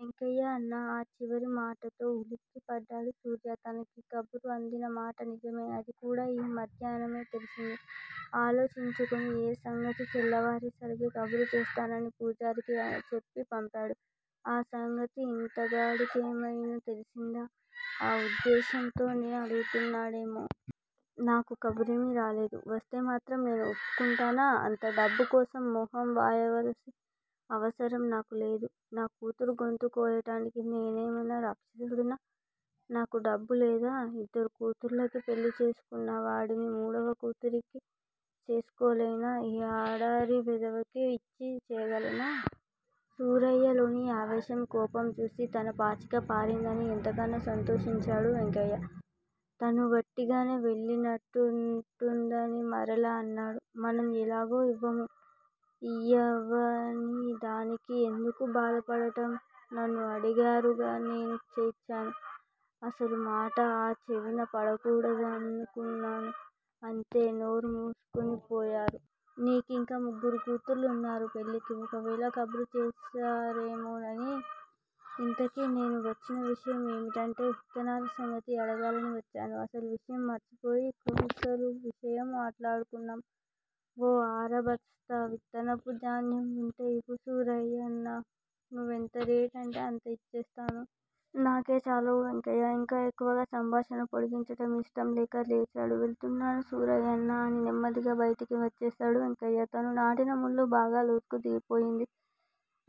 వెంకయ్య అన్న ఆ చివరి మాటతో ఉలికి పడ్డాడు సూర్య. తనకీ కబురు అందిన మాట నిజమే! అది కూడా ఈ మధ్యాహ్నమే తెలిసింది. ఆలోచించుకుని ఏ సంగతీ తెల్లవారేసరికి కబురు చేస్తానని పూజారికి చెప్పి పంపాడు. ఆ సంగతి ఇతగాడికేమయినా తెలిసిందా? ఆ ఉద్దేశ్యంతోనే అడుగుతున్నాడేమో? నాకు కబురేమి రాలేదు! వస్తే మాత్రం నేను ఒప్పుకుంటానా? అంత డబ్బు కోసం మొహం వాయవలసిన అవసరం నాకు లేదు. నా కూతురు గొంతు కోయటానికి నేనేమన్నా రాక్షసుడినా? నాకు డబ్బు లేదా? ఇద్దరు కూతుళ్ళకి పెళ్ళి చేసుకున్న వాడిని మూడవ కూతురికి చేసుకోలేనా? ఈ ఆడారి వెధవకి యిచ్చి చేయగలనా? సూరయ్యలోని ఆవేశం, కోపం చూసి తన పాచిక పారిందని ఎంతగానో సంతోషించాడు వెంకయ్య. తనువట్టిగానే వెళ్ళినట్టుంటుందని మరలా అన్నాడు. మనం ఎలాగూ ఇవ్వము. యివ్వని దానికి ఎందుకు బాధ పడటం? నన్నూ అడిగారు నేను యిచ్చానా? అసలా మాట నా చెవిన పడకూడదన్నాను. అంతే! నోరుమూసుకునిపోయారు. నీకింకా ముగ్గురు కూతుళ్ళున్నారుగా పెళ్ళికి ఒకవేళ కబురు చేశారేమోనని! యింతకీ నేను వచ్చినవిషయం ఏమిటంటే విత్తనాల సంగతి అడగాలని వచ్చాను. అసలు విషయం మరిచిపోయి కొసలు విషయాలు మాట్లాడుకున్నాం. ఓ అరబస్తా విత్తనపు ధాన్యం వుంటే ఇవ్వు సూరయ్యన్నా! నువ్వెంత రేటు అంటే అంతా యిచ్చేస్తాను! నాకే చాలవు వెంకయ్యా! ఇంకా ఎక్కువగా సంభాషణ పొడిగించటం యిష్టం లేక లేచాడు. వెళుతున్నాను సూరయ్యన్నా! అని నెమ్మదిగా బైటికి వచ్చేశాడు వెంకయ్య. తను నాటిన ముళ్ళు బాగా లోతుకంటూ దిగిపోయింది.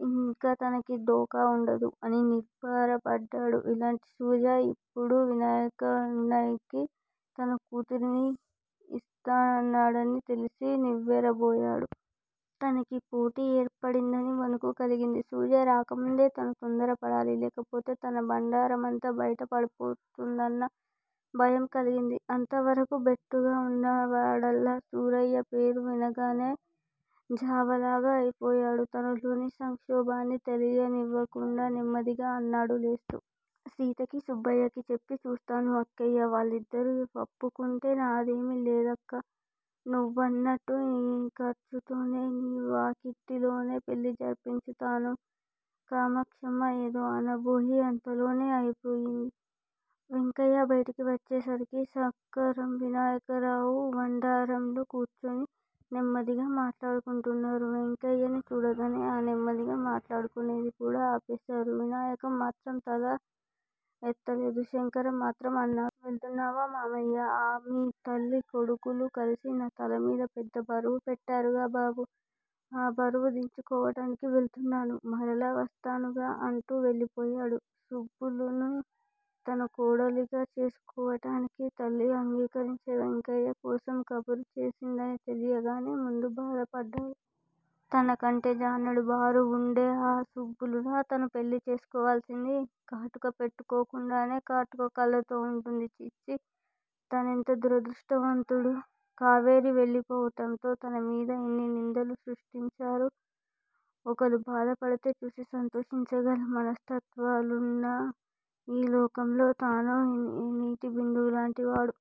యింకతనకి డోకా వుండదు. అని నిబ్బరపడ్డాడు. అలాంటి సూర్య యిప్పుడు వినాయకనైకి తన కూతురిని ఇస్తానన్నాడని తెలిసి నివ్వెరబోయాడు. తనకి పోటీ ఏర్పడిందని వణుకు కలిగింది. సూర్య రాకముందే తను తొందర పడాలి! లేకపోతే తన బండారమంతా బైట పడిపోతుందన్న భయం కలిగింది అంత వరకూ బెట్టుగా వున్నవాడల్లా సూరయ్య పేరు వినగానే జావలాగా అయిపోయాడు. తనలోని సంక్షోభాన్ని తెలియ నివ్వకుండా నెమ్మదిగా అన్నాడు లేస్తూ. సీతకి సుబ్బలక్ష్మీకి చెప్పి చూస్తాను అక్కయ్యా! వాళ్ళిద్దరూ వప్పుకుంటే నాదేమీ లేదక్కా! నువ్వన్నట్టు నీ ఖర్చుతోనే నీ వాకిటిలోనే పెళ్ళి జరిపించుతానుగా. కామాక్షమ్మ ఏదో అనబోయి అంతలోనే ఆగిపోయింది. వెంకయ్య బైటికి వచ్చేసరికి సంకరం వినాయకరావు వరండాలో కూర్చుని నెమ్మదిగా మాట్లాడుకుంటున్నారు వెంకయ్యని చూడగానే ఆ నెమ్మదిగా మాట్లాడుకునేది కూడా ఆపేశారు వినాయకం మాత్రం తల ఎత్తలేదు శంకరం మాత్రం అన్నాడు. వెళుతున్నావా మామయ్యా? ఆఁ మీ తల్లీ కొడుకులూ కలిసి నా తలమీద పెద్ద బరువు పెట్టారుగా బాబూ! ఆ బరువు దించుకోవటానికి వెళుతున్నాను. మరలా వస్తానుగా! అంటూ వెళ్ళిపోయాడు. సుబ్బులుని తన కోడలిగా చేసుకోవటానికి తల్లి అంగీకరించే వెంకయ్య కోసం కబురు చేసిందని తెలియగానే ముందు బాధపడ్డాడు. తన కంటే జానెడు బారు వుండే ఆ సుబ్బులునా తను పెళ్ళి చేసుకోవలసింది? కాటుక పెట్టుకోకుండానే కాటుక కళ్ళతో వుంటుంది ఛీ! ఛీ! తానెంత దురదృష్టవంతుడు? కావేరీ వెళ్ళిపోవటంతో తన మీద ఎన్ని నిందలు సృష్టించారు? ఒకళ్ళు బాధపడితే చూసి సంతోషించగల మనస్తత్వాలున్న ఈ లోకంలో తానో నీటి బిందువులాంటి వాడు!